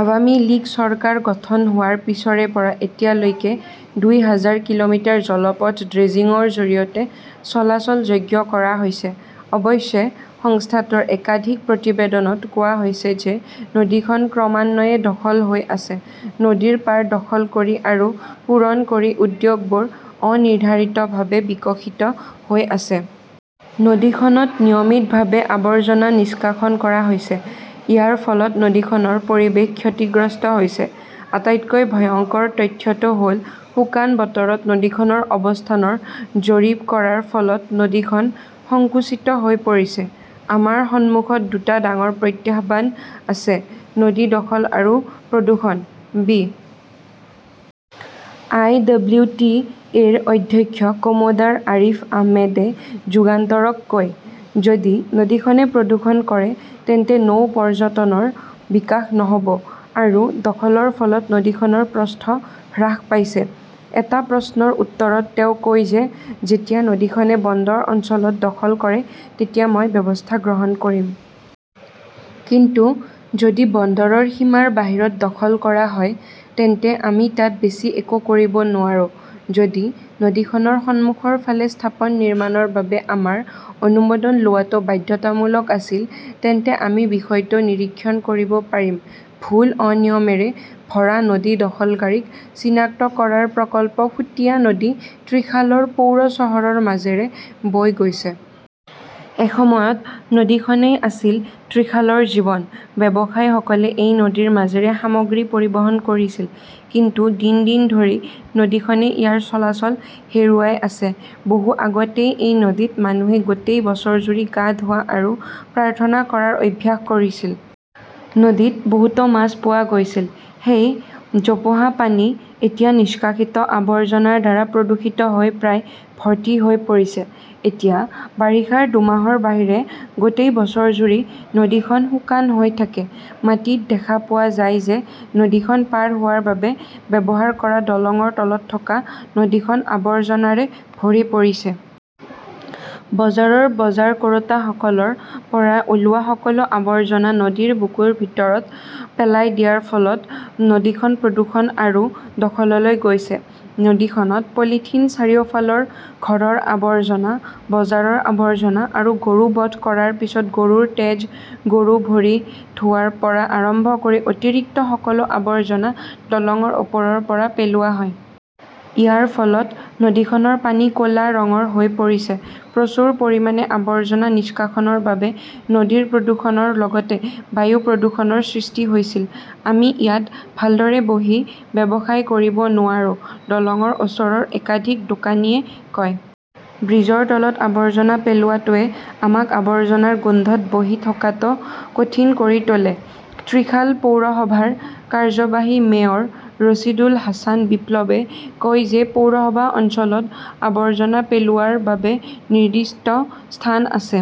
Awami League চৰকাৰ গঠন হোৱাৰ পিছৰে পৰা এতিয়ালৈকে দুই হাজাৰ কিলোমিটাৰ জলপথ ড্ৰেজিংৰ জৰিয়তে চলাচলযোগ্য কৰা হৈছে। অৱশ্যে, সংস্থাটোৰ একাধিক প্ৰতিবেদনত কোৱা হৈছে যে নদীখন ক্ৰমান্বয়ে দখল হৈ আছে। নদীৰ পাৰ দখল কৰি আৰু পূৰণ কৰি উদ্যোগবোৰ অনিৰ্ধাৰিতভাৱে বিকশিত হৈ আছে। নদীখনত নিয়মিতভাৱে আৱৰ্জনা নিষ্কাশন কৰা হৈছে। ইয়াৰ ফলত নদীখনৰ পৰিৱেশ ক্ষতিগ্ৰস্ত হৈছে। আটাইতকৈ ভয়ংকৰ তথ্যটো হ'ল, শুকান বতৰত নদীখনৰ অৱস্থানৰ জৰীপ কৰাৰ ফলত নদীখন সংকুচিত হৈ পৰিছে। "আমাৰ সন্মুখত দুটা ডাঙৰ প্ৰত্যাহ্বান আছে-নদী দখল আৰু প্ৰদূষণ ", বি. আই. ডব্লিউ. টি. এ.ৰ অধ্যক্ষ কমোডাৰ আৰিফ আহমেদে যুগান্তৰক কয়। যদি নদীখনে প্ৰদূষণ কৰে তেন্তে নৌ পৰ্যটনৰ বিকাশ নহ'ব আৰু দখলৰ ফলত নদীখনৰ প্ৰস্থ হ্ৰাস পাইছে। এটা প্ৰশ্নৰ উত্তৰত তেওঁ কয় যে যেতিয়া নদীখনে বন্দৰ অঞ্চলত দখল কৰে তেতিয়া মই ব্যৱস্থা গ্ৰহণ কৰিম। কিন্তু যদি বন্দৰৰ সীমাৰ বাহিৰত দখল কৰা হয়, তেন্তে আমি তাত বেছি একো কৰিব নোৱাৰো। যদি নদীখনৰ সন্মুখৰ ফালে স্থাপন নিৰ্মাণৰ বাবে আমাৰ অনুমোদন লোৱাটো বাধ্যতামূলক আছিল তেন্তে আমি বিষয়টো নিৰীক্ষণ কৰিব পাৰিম। ভুল-অনিয়মৰে ভৰা নদী দখলকাৰীক চিনাক্ত কৰাৰ প্ৰকল্প সুতিয়া নদী ত্ৰিশালৰ পৌৰ চহৰৰ মাজেৰে বৈ গৈছে। এসময়ত নদীখনেই আছিল ত্ৰিশালৰ জীৱন। ব্যৱসায়ীসকলে এই নদীৰ মাজেৰে সামগ্ৰী পৰিবহণ কৰিছিল। কিন্তু দিন দিন ধৰি নদীখনে ইয়াৰ চলাচল হেৰুৱাই আছে। বহু আগতেই এই নদীত মানুহে গোটেই বছৰজুৰি গা ধোৱা আৰু প্ৰাৰ্থনা কৰাৰ অভ্যাস কৰিছিল। নদীত বহুতো মাছ পোৱা গৈছিল। সেই জোপোহা পানী এতিয়া নিষ্কাশিত আৱৰ্জনাৰ দ্বাৰা প্ৰদূষিত হৈ প্ৰায় ভৰ্তি হৈ পৰিছে। এতিয়া বাৰিষাৰ দুমাহৰ বাহিৰে গোটেই বছৰজুৰি নদীখন শুকান হৈ থাকে। মাটিত দেখা পোৱা যায় যে নদীখন পাৰ হোৱাৰ বাবে ব্যৱহাৰ কৰা দলংৰ তলত থকা নদীখন আবৰ্জনাৰে ভৰি পৰিছে। বজাৰৰ বজাৰ কৰোঁতাসকলৰ পৰা ওলোৱা সকলো আৱৰ্জনা নদীৰ বুকুৰ ভিতৰত পেলাই দিয়াৰ ফলত নদীখন প্ৰদূষণ আৰু দখললৈ গৈছে। নদীখনত পলিথিন, চাৰিওফালৰ ঘৰৰ আৱৰ্জনা, বজাৰৰ আৱৰ্জনা আৰু গৰু বধ কৰাৰ পিছত গৰুৰ তেজ, গৰু, ভৰি ধোৱাৰ পৰা আৰম্ভ কৰি অতিৰিক্ত সকলো আৱৰ্জনা দলংৰ ওপৰৰ পৰা পেলোৱা হয়। ইয়াৰ ফলত নদীখনৰ পানী ক 'লা ৰঙৰ হৈ পৰিছে। প্ৰচুৰ পৰিমাণে আৱৰ্জনা নিষ্কাশনৰ বাবে নদীৰ প্ৰদূষণৰ লগতে বায়ু প্ৰদূষণৰ সৃষ্টি হৈছিল। "আমি ইয়াত ভালদৰে বহি ব্যৱসায় কৰিব নোৱাৰো ", দলংৰ ওচৰৰ একাধিক দোকানীয়ে কয়। ব্ৰীজৰ তলত আৱৰ্জনা পেলোৱাটোৱে আমাক আৱৰ্জনাৰ গোন্ধত বহি থকাটো কঠিন কৰি তোলে। ত্ৰিশাল পৌৰসভাৰ কাৰ্যবাহী মেয়ৰ ৰছিদুল হাছান বিপ্লৱে কয় যে পৌৰসভা অঞ্চলত আৱৰ্জনা পেলোৱাৰ বাবে নিৰ্দিষ্ট স্থান আছে।